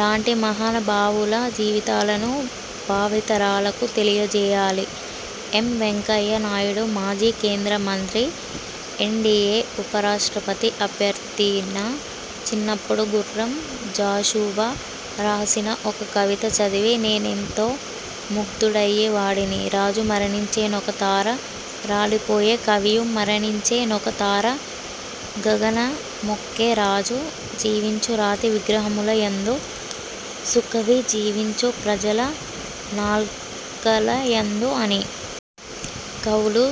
లాంటి మహానుభావుల జీవితాలను భావితరాలకు తెలియజేయాలి. ఎం. వెంకయ్య నాయుడుమాజీ కేంద్ర మంత్రి, ఎన్డీఏ ఉపరాష్ట్రపతి అభ్యర్థినా చిన్నప్పుడు గుర్రం జాషువా రాసిన ఒక కవిత చదివి నేనెంతో ముగ్ధుడయ్యే వాడిని. 'రాజు మరణించె నొక తార రాలిపోయె, కవియు మరణించె నొక తార గగనమెక్కె, రాజు జీవించు రాతి విగ్రహముల యందు, సుకవి జీవించు ప్రజల నాల్కలయందు' అని. కవులూ,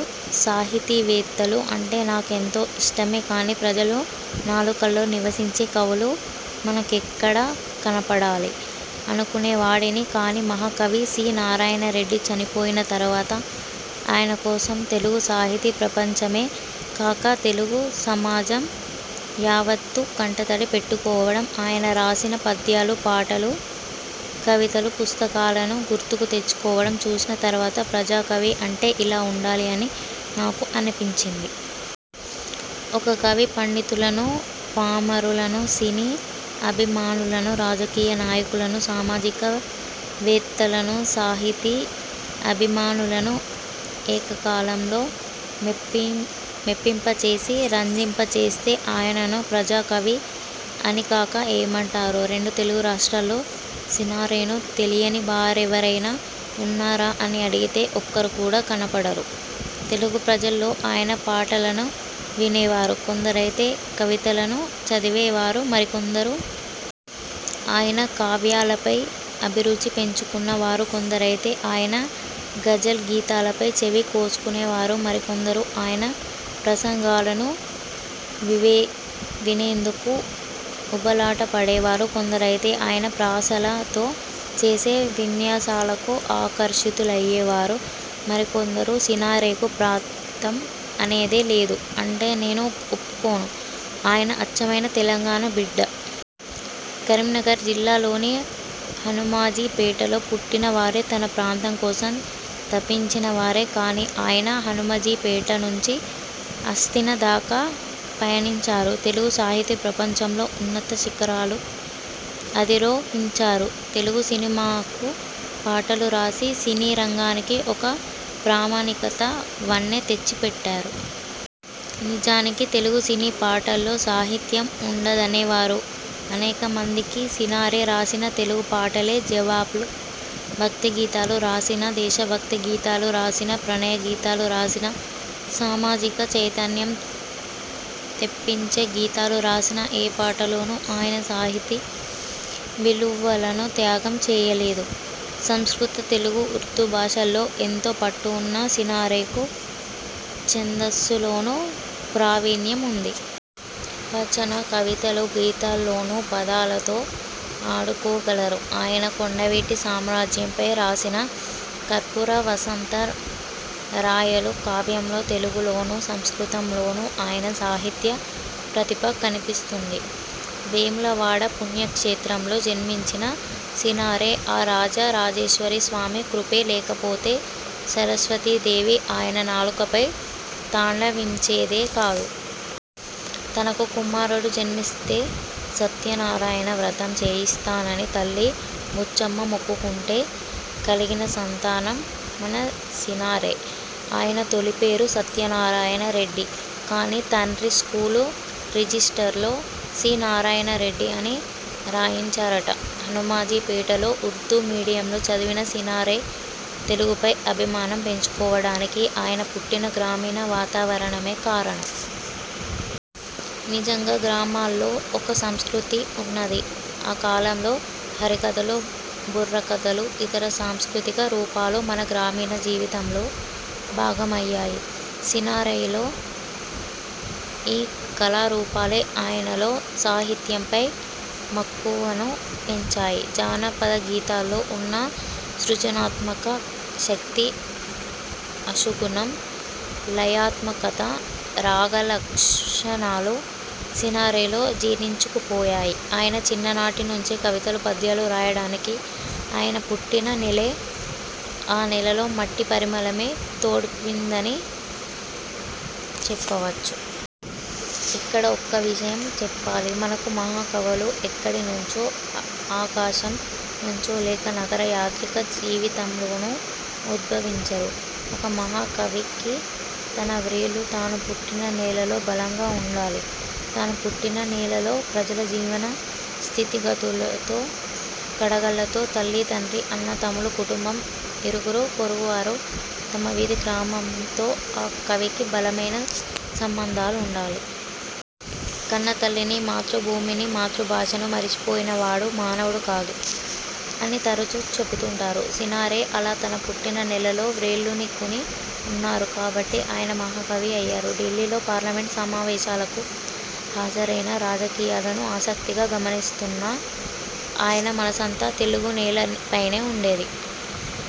సాహితీవేత్తలూ అంటే నాకెంతో ఇష్టమే కాని ప్రజలు నాలుకల్లో నివసించే కవులు మనకెక్కడ కనపడాలి.. అనుకునేవాడిని. కాని మహాకవి సి. నారాయణ రెడ్డి చనిపోయిన తర్వాత ఆయన కోసం తెలుగు సాహితీ ప్రపంచమే కాక, తెలుగు సమాజం యావత్తూ కంటతడి పెట్టుకోవడం, ఆయన రాసిన పద్యాలూ, పాటలు, కవితలూ, పుస్తకాలను గుర్తుకు తెచ్చుకోవడం చూసిన తర్వాతప్రజాకవి అంటే ఇలా ఉండాలి అని నాకు అనిపించింది. ఒక కవి పండితులను, పామరులను, సినీ అభిమానులను, రాజకీయ నాయకులను, సామాజిక వేత్తలనూ, సాహితీ అభిమానులను ఏకకాలంలో మెప్పింపచేసి, రంజింప చేస్తే ఆయనను ప్రజాకవి అనికాక ఏమంటారు? రెండు తెలుగు రాష్ట్రాల్లో సినారెను తెలియనివారెవరైనా ఉన్నారా అని అడిగితే ఒక్కరు కూడా కనపడరు. తెలుగు ప్రజల్లో ఆయన పాటలను వినేవారు కొందరైతే, కవితలను చదివే వారు మరికొందరు. ఆయన కావ్యాలపై అభిరుచి పెంచుకున్న వారు కొందరైతే, ఆయన గజల్ గీతాలపై చెవి కోసుకునేవారు మరికొందరు. ఆయన ప్రసంగాలను వినేందుకు ఉబలాటపడేవారు కొందరైతే ఆయన ప్రాసలతో చేసే విన్యాసాలకు ఆకర్షితులయ్యేవారు మరికొందరు. సినారెకు ప్రాంతం అనేదే లేదు అంటే నేను ఒప్పుకోను. ఆయన అచ్చమైన తెలంగాణ బిడ్డ. కరీంనగర్ జిల్లాలోని హనుమాజీ పేటలో పుట్టిన వారే. తన ప్రాంతం కోసం తపించిన వారే. కాని ఆయన హనుమాజీ పేట నుంచి హస్తిన దాకా పయనించారు. తెలుగు సాహితీ ప్రపంచంలో ఉన్నత శిఖరాలు అధిరోహించారు. తెలుగు సినిమాకు పాటలు రాసి సినీరంగానికి ఒక ప్రామాణికత, వన్నె తెచ్చిపెట్టారు. నిజానికి తెలుగు సినీ పాటల్లో సాహిత్యం ఉండదనేవారు అనేకమందికి సినారె రాసిన తెలుగు పాటలే జవాబు. భక్తిగీతాలు రాసినా, దేశభక్తి గీతాలు రాసినా, ప్రణయ గీతాలు రాసినా, సామాజిక చైతన్యం తెప్పించే గీతాలు రాసినా ఏ పాటలోనూ ఆయన సాహితీ విలువలను త్యాగం చేయలేదు. సంస్కృత, తెలుగు, ఉర్దూ భాషల్లో ఎంతో పట్టు ఉన్న సినారెకు ఛందస్సులోనూ ప్రావీణ్యం ఉంది. వచన కవితలు, గీతాల్లోనూ పదాలతో ఆడుకోగలరు. ఆయన కొండవీటి సామ్రాజ్యంపై రాసిన కర్పూర వసంత రాయలు కావ్యంలో తెలుగులోనూ, సంస్కృతంలోనూ ఆయన సాహిత్య ప్రతిభ కనిపిస్తుంది. వేములవాడ పుణ్యక్షేత్రంలో జన్మించిన సినారె ఆ రాజరాజేశ్వరీ స్వామి కృపే లేకపోతే సరస్వతీ దేవి ఆయన నాలుకపై తాండవించేదే కాదు. తనకు కుమారుడు జన్మిస్తే సత్యనారాయణ వ్రతం చేయిస్తానని తల్లి బుచ్చమ్మ మొక్కుకుంటే కలిగిన సంతానం మన సినారె. ఆయన తొలి పేరు సత్యనారాయణ రెడ్డి కాని తండ్రి స్కూలు రిజిస్టర్లో సి. నారాయణ రెడ్డి అని రాయించారట. హనూమాజీపేటలో ఉర్దూ మీడియంలో చదివిన సినారె తెలుగుపై అభిమానం పెంచుకోవడానికి ఆయన పుట్టిన గ్రామీణ వాతావరణమే కారణం. నిజంగా గ్రామాల్లో ఒక సంస్కృతి ఉన్నది. ఆ కాలంలో హరికథలు, బుర్రకథలు, ఇతర సాంస్కృతిక రూపాలు మన గ్రామీణ జీవితంలో భాగమయ్యాయి. సినారెలో ఈ కళారూపాలే ఆయనలో సాహిత్యంపై మక్కువను పెంచాయి. జానపదగీతాల్లో ఉన్న సృజనాత్మక శక్తి, అశుగుణం, లయాత్మకత, రాగలక్షణాలు సినారేలో జీర్ణించుకుపోయాయి. ఆయన చిన్ననాటి నుంచే కవితలు, పద్యాలు రాయడానికి ఆయన పుట్టిన నేలే, ఆ నేలలో మట్టి పరిమళమే తోడయందని చెప్పవచ్చు. ఇక్కడ ఒక్క విషయం చెప్పాలి. మనకు మహాకవులు ఎక్కడినుంచో, ఆకాశం నుంచో లేక నగర యాంత్రిక జీవితంలోనూ ఉద్భవించరు. ఒక మహాకవికి తన వ్రేళ్లు తాను పుట్టిన నేలలో బలంగా ఉండాలి. తాను పుట్టిన నేలలో ప్రజల జీవన స్థితిగతులతో, కడగళ్లతో, తల్లీ తండ్రీ అన్నా, తమ్ములు, కుటుంబం, ఇరుగు పొరుగువారు, తమ వీధి, గ్రామంతో ఆ కవికి బలమైన సంబంధాలు ఉండాలి. కన్నతల్లిని, మాతృభూమిని, మాతృభాషను మరిచిపోయిన వాడు మానవుడు కాదు.. అని తరుచూ చెబుతుంటాను. సినారె అలా తన పుట్టిన నేలలో వ్రేళ్లూనికుని ఉన్నారు కాబట్టే ఆయన మహాకవి అయ్యారు. ఢిల్లీలో పార్లమెంట్ సమావేశాలకు హాజరై రాజకీయాలను ఆసక్తిగా గమనిస్తున్నా ఆయన మనసంతా తెలుగునేలపైనే ఉండేది.